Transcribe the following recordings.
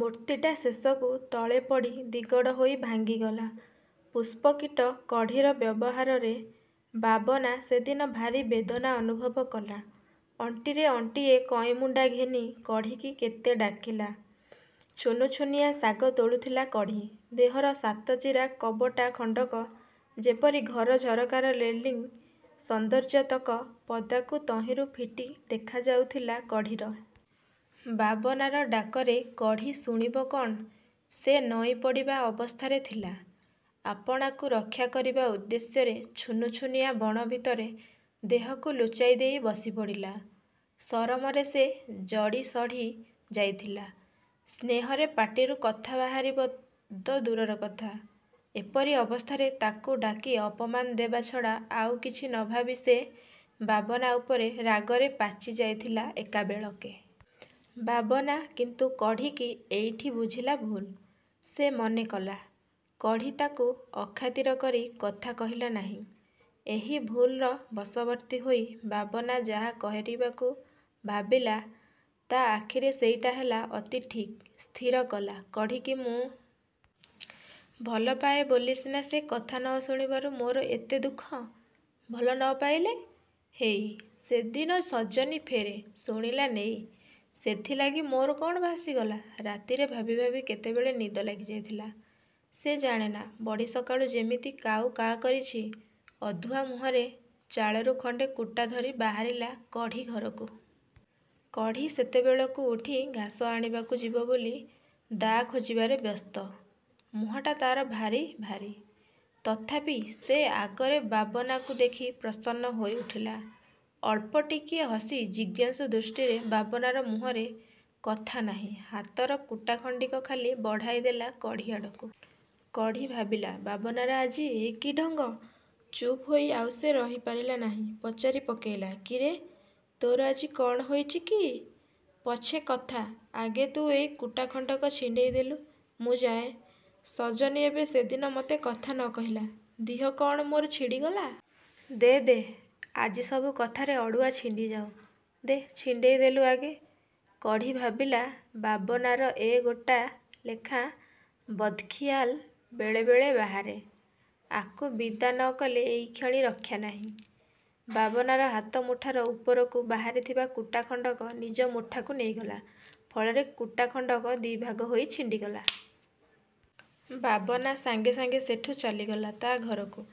ମୂର୍ତ୍ତିଟା ଶେଷକୁ ତଳେ ପଡ଼ି ଦିଗଡ଼ ହୋଇ ଭାଙ୍ଗିଗଲା। ପୁଷ୍ପ-କୀଟ କଢ଼ୀର ବ୍ୟବହାରରେ ବାବନା ସେଦିନ ଭାରି ବେଦନା ଅନୁଭବ କଲା। ଅଣ୍ଟିରେ ଅଣ୍ଟିଏ କଇଁମୁଣ୍ଡା ଘେନି କଢ଼ୀକି କେତେ ଡାକିଲା। ଛୁନୁଛୁନିଆ ଶାଗ ତୋଳୁଥିଲା କଢ଼ୀ, ଦେହର ସାତ ଚିରା କବଟା ଖଣ୍ଡକ ଯେପରି ଘର ଝରକାର ରେଲିଂ-ସୌନ୍ଦର୍ଯ୍ୟତକ ପଦାକୁ ତହିଁରୁ ଫିଟି ଦେଖାଯାଉଥିଲା କଢ଼ୀର। ବାବନାର ଡାକରେ କଢ଼ୀ ଶୁଣିବ କଣ ସେ ନଇଁପଡ଼ିବା ଅବସ୍ଥାରେ ଥିଲା, ଆପଣାକୁ ରକ୍ଷା କରିବା ଉଦ୍ଦେଶ୍ୟରେ ଛୁନୁଛୁନିଆ ବଣ ଭିତରେ ଦେହକୁ ଲୁଚାଇ ଦେଇ ବସିପଡ଼ିଲା। ସରମରେ ସେ ଜଡ଼ି ସଢ଼ି ଯାଇଥିଲା, ସ୍ନେହରେ ପାଟିରୁ କଥା ବାହାରିବା ତ ଦୂରର କଥା, ଏପରି ଅବସ୍ଥାରେ ତାକୁ ଡାକି ଅପମାନ ଦେବା ଛଡ଼ା ଆଉ କିଛି ନ ଭାବି ସେ ବାବନା ଉପରେ ରାଗରେ ପାଚି ଯାଇଥିଲା ଏକାବେଳେକେ। ବାବନା କିନ୍ତୁ କଢ଼ୀକି ଏଇଠି ବୁଝିଲା ଭୁଲ। ସେ ମନେ କଲା, କଢ଼ୀ ତାକୁ ଅଖାତିର କରି କଥା କହିଲା ନାହିଁ। ଏହି ଭୁଲର ବଶବର୍ତ୍ତୀ ହୋଇ ବାବନା ଯାହା କରିବାକୁ ଭାବିଲା ତା ଆଖିରେ ସେଇଟା ହେଲା ଅତି ଠିକ। ସ୍ଥିର କଲା, କଢ଼ୀକି-ମୁଁ। ଭଲପାଏ ବୋଲି ସିନା ସେ କଥା ନ ଶୁଣିବାରୁ ମୋର ଏତେ ଦୁଃଖ। ଭଲ ନ ପାଇଲେ। ହେଇ, ସେଦିନ ସଜନୀ ଫେରେ ଶୁଣିଲା ନେଇଁ-ସେଥିଲାଗି ମୋର କଣ ଭାସିଗଲା! -ରାତିରେ ଭାବିଭାବି କେତେବେଳେ ନିଦ ଲାଗିଯାଇଥିଲା ସେ ଜାଣେ ନା, ବଡ଼ି ସକାଳୁ ଯେମିତି କାଉ କା' କରିଚି ଅଧୁଆମୁହଁରେ ଚାଳରୁ ଖଣ୍ଡେ କୁଟା ଧରି ବାହାରିଲା କଢ଼ୀ ଘରକୁ। କଢ଼ୀ ସେତେବେଳକୁ ଉଠି ଘାସ ଆଣିବାକୁ ଯିବ ବୋଲି ଦା' ଖୋଜିବାରେ ବ୍ୟସ୍ତ। ମୁହଁଟା ତାର ଭାରି ଭାରି, ତଥାପି ସେ ଆଗରେ ବାବନାକୁ ଦେଖି ପ୍ରସନ୍ନ ହୋଇଉଠିଲା। ଅଳ୍ପ ଟିକିଏ ହସି ଜିଜ୍ଞାସୁ ଦୃଷ୍ଟିରେ ବାବନାର ମୁହଁରେ କଥା ନାହିଁ, ହାତର କୁଟାଖଣ୍ଡିକ ଖାଲି ବଢ଼ାଇ ଦେଲା କଢ଼ୀଆଡ଼କୁ। କଢ଼ୀ ଭାବିଲା ବାବନାର ଆଜି ଏ କି ଢଙ୍ଗ-। ଚୁପ ହୋଇ ଆଉ ସେ ରହି ପାରିଲା ନାହିଁ। ପଚାରି ପକେଇଲା, କିରେ ତୋର ଆଜି କଣ ହୋଇଚିକି? -ପଛେ କଥା, ଆଗେ ତୁ ଏଇ କୁଟା ଖଣ୍ଡକ ଛିଣ୍ଡେଇ ଦେଲୁ, ମୁଁ ଯାଏଁ। ସଜନୀ ଏବେ ସେଦିନ ମତେ କଥା ନ କହିଲା ଦିହ କଣ ମୋର ଛିଡ଼ିଗଲା-! ଦେ, ଦେ,-ଆଜି ସବୁ କଥାର ଅଡ଼ୁଆ ଛିଣ୍ଡିଯାଉ। ଦେ, ଛିଣ୍ଡେଇ ଦେଲୁ ଆଗେ। କଢ଼ୀ ଭାବିଲା ବାବନାର ଏ ଗୋଟା ଲେଖାଁ ବଦ୍ଖିଆଲ ବେଳେବେଳେ ବାହାରେ। ଆକୁ ବିଦା ନ କଲେ ଏଇକ୍ଷଣି ରକ୍ଷା ନାହିଁ। ବାବନାର ହାତ ମୁଠାର ଉପରକୁ ବାହାରିଥିବା କୁଟା ଖଣ୍ଡକ ନିଜ ମୁଠାକୁ ନେଇଗଲା, ଫଳରେ କୁଟା ଖଣ୍ଡକ ଦି'ଭାଗ ହୋଇ ଛିଣ୍ଡିଗଲା। ବାବନା ସାଙ୍ଗେ ସାଙ୍ଗେ ସେଠୁ ଚାଲିଗଲା ତା ଘରକୁ।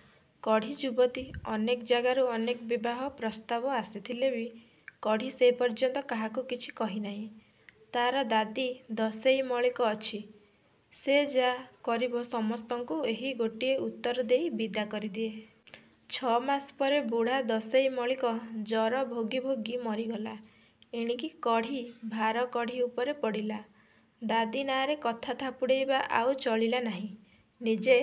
କଢ଼ୀ ଯୁବତୀ। ଅନେକ ଯାଗାରୁ ଅନେକ ବିବାହ ପ୍ରସ୍ତାବ ଆସିଥିଲେ ବି କଢ଼ୀ ସେ ପର୍ଯ୍ୟନ୍ତ କାହାକୁ କିଛି କହି ନାହିଁ। ତାର ଦାଦୀ ଦଶେଇ ମଳିକ ଅଛି, 'ସେ ଯା' କରିବ ସମସ୍ତଙ୍କୁ ଏହି ଗୋଟିଏ ଉତ୍ତର ଦେଇ ବିଦା କରିଦିଏ। ଛ'ମାସ ପରେ ବୁଢ଼ା ଦଶେଇ ମଳିକ ଜର ଭୋଗି ଭୋଗି ମରିଗଲା। ଏଣିକି କଢ଼ୀ ଭାର କଢ଼ୀ ଉପରେ ପଡ଼ିଲା। ଦାଦୀ ନାଁରେ କଥା ଥାପୁଡ଼େଇବା ଆଉ ଚଳିଲା ନାହିଁ। ନିଜେ